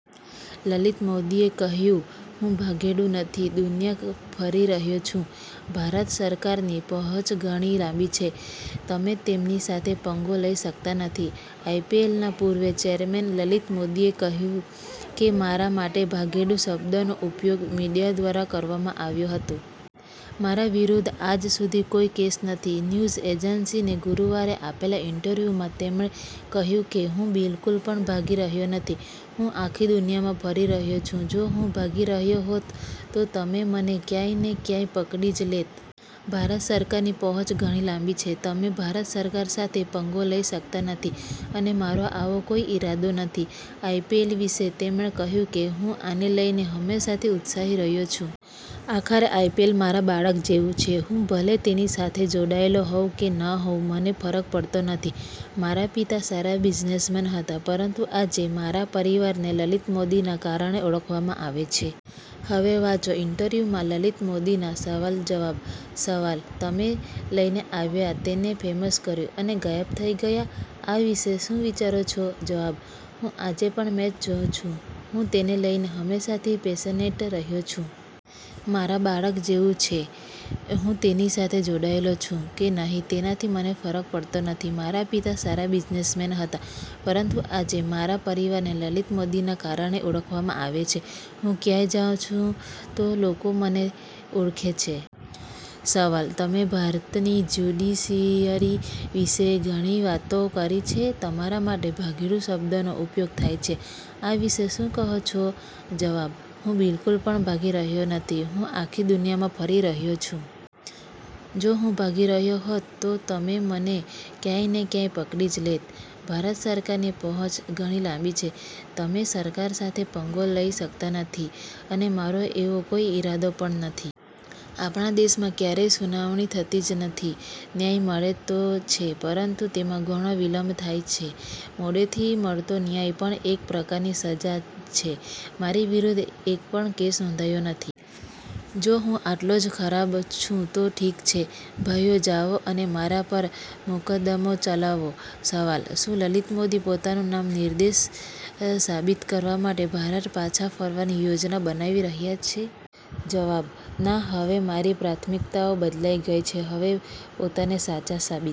લલિત મોદીએ કહ્યું, " હું ભાગેડુ નથી, દુનિયા ફરી રહ્યો છું. ભારત સરકારની પહોંચ ઘણી લાંબી છે, તમે તેમની સાથે પંગો લઈ શકતા નથી. આઈપીએલના પૂર્વ ચેરમેન લલિત મોદીએ કહ્યું કે, "મારા માટે ભાગેડુ શબ્દનો ઉપયોગ મીડિયા દ્વારા કરવામાં આવ્યો હતો. મારા વિરુદ્ધ આજ સુધી કોઈ કેસ નથી." ન્યૂઝ એજન્સી ને ગુરુવારે આપેલા ઇન્ટરવ્યુમાં તેમણે કહ્યું, "કે હું બિલકુલ પણ ભાગી રહ્યો નથી. હું આખી દુનિયામાં ફરી રહ્યો છું. જો હું ભાગી રહ્યો હોત, તો તમે મને ક્યાંક ને ક્યાંક પકડી જ લેત. ભારત સરકારની પહોંચ ઘણી લાંબી છે. તમે ભારત સરકાર સાથે પંગો લઈ શકતા નથી. અને મારો આવો કોઈ ઇરાદો પણ નથી." આઈપીએલ વિશે તેમણે કહ્યું કે, "હું આને લઈને હંમેશાથી ઉત્સાહી રહ્યો છું. આખરે આઈપીએલ મારા બાળક જેવું છે. હું ભલે તેની સાથે જોડાયેલો હોઉં કે ન હોઉં, મને ફરક પડતો નથી. મારા પિતા સારા બિઝનેસમેન હતા, પરંતુ આજે મારા પરિવારને લલિત મોદીના કારણે ઓળખવામાં આવે છે." હવે વાંચો ઇન્ટરવ્યુમાં લલિત મોદીના સવાલ-જવાબ:- સવાલ: "તમે લઈને આવ્યા, તેને ફેમસ કર્યું અને ગાયબ થઈ ગયા. આ વિશે શું વિચારો છો?" જવાબ: "હું આજે પણ મેચ જોઉં છું. હું તેને લઈને હંમેશાથી પેશનેટ રહ્યો છું. મારા બાળક જેવું છે. હું તેની સાથે જોડાયેલો છું કે નહીં, તેનાથી મને ફરક પડતો નથી. મારા પિતા સારા બિઝનેસમેન હતા, પરંતુ આજે મારા પરિવારને લલિત મોદીના કારણે ઓળખવામાં આવે છે. હું ક્યાંય જાઉં છું તો લોકો મને ઓળખે છે. " સવાલ: "તમે ભારતની જ્યુડિશિયરી વિશે ઘણી વાતો કરી છે. તમારા માટે 'ભાગેડુ' શબ્દનો ઉપયોગ થાય છે. આ વિશે શું કહેશો?" જવાબ: "હું બિલકુલ પણ ભાગી રહ્યો નથી. હું આખી દુનિયામાં ફરી રહ્યો છું. જો હું ભાગી રહ્યો હોત, તો તમે મને ક્યાંક ને ક્યાંક પકડી જ લેત. ભારત સરકારની પહોંચ ઘણી લાંબી છે. તમે સરકાર સાથે પંગો લઈ શકતા નથી. અને મારો એવો કોઈ ઇરાદો પણ નથી. આપણા દેશમાં ક્યારેય સુનાવણી થતી જ નથી. ન્યાય મળે તો છે, પરંતુ તેમાં ઘણો વિલંબ થાય છે. મોડેથી મળતો ન્યાય પણ એક પ્રકારની સજા જ છે. મારી વિરુદ્ધ એક પણ કેસ નોંધાયો નથી. જો હું આટલો જ ખરાબ છું તો ઠીક છે, ભાઈઓ, જાઓ અને મારા પર મુકદ્દમો ચલાવો." સવાલ: "શું લલિત મોદી પોતાનું નામ નિર્દોષ સાબિત કરવા માટે ભારત પાછા ફરવાની યોજના બનાવી રહ્યા છે?" જવાબ: "ના, હવે મારી પ્રાથમિકતાઓ બદલાઈ ગઈ છે. હવે પોતાને સાચા સાબિત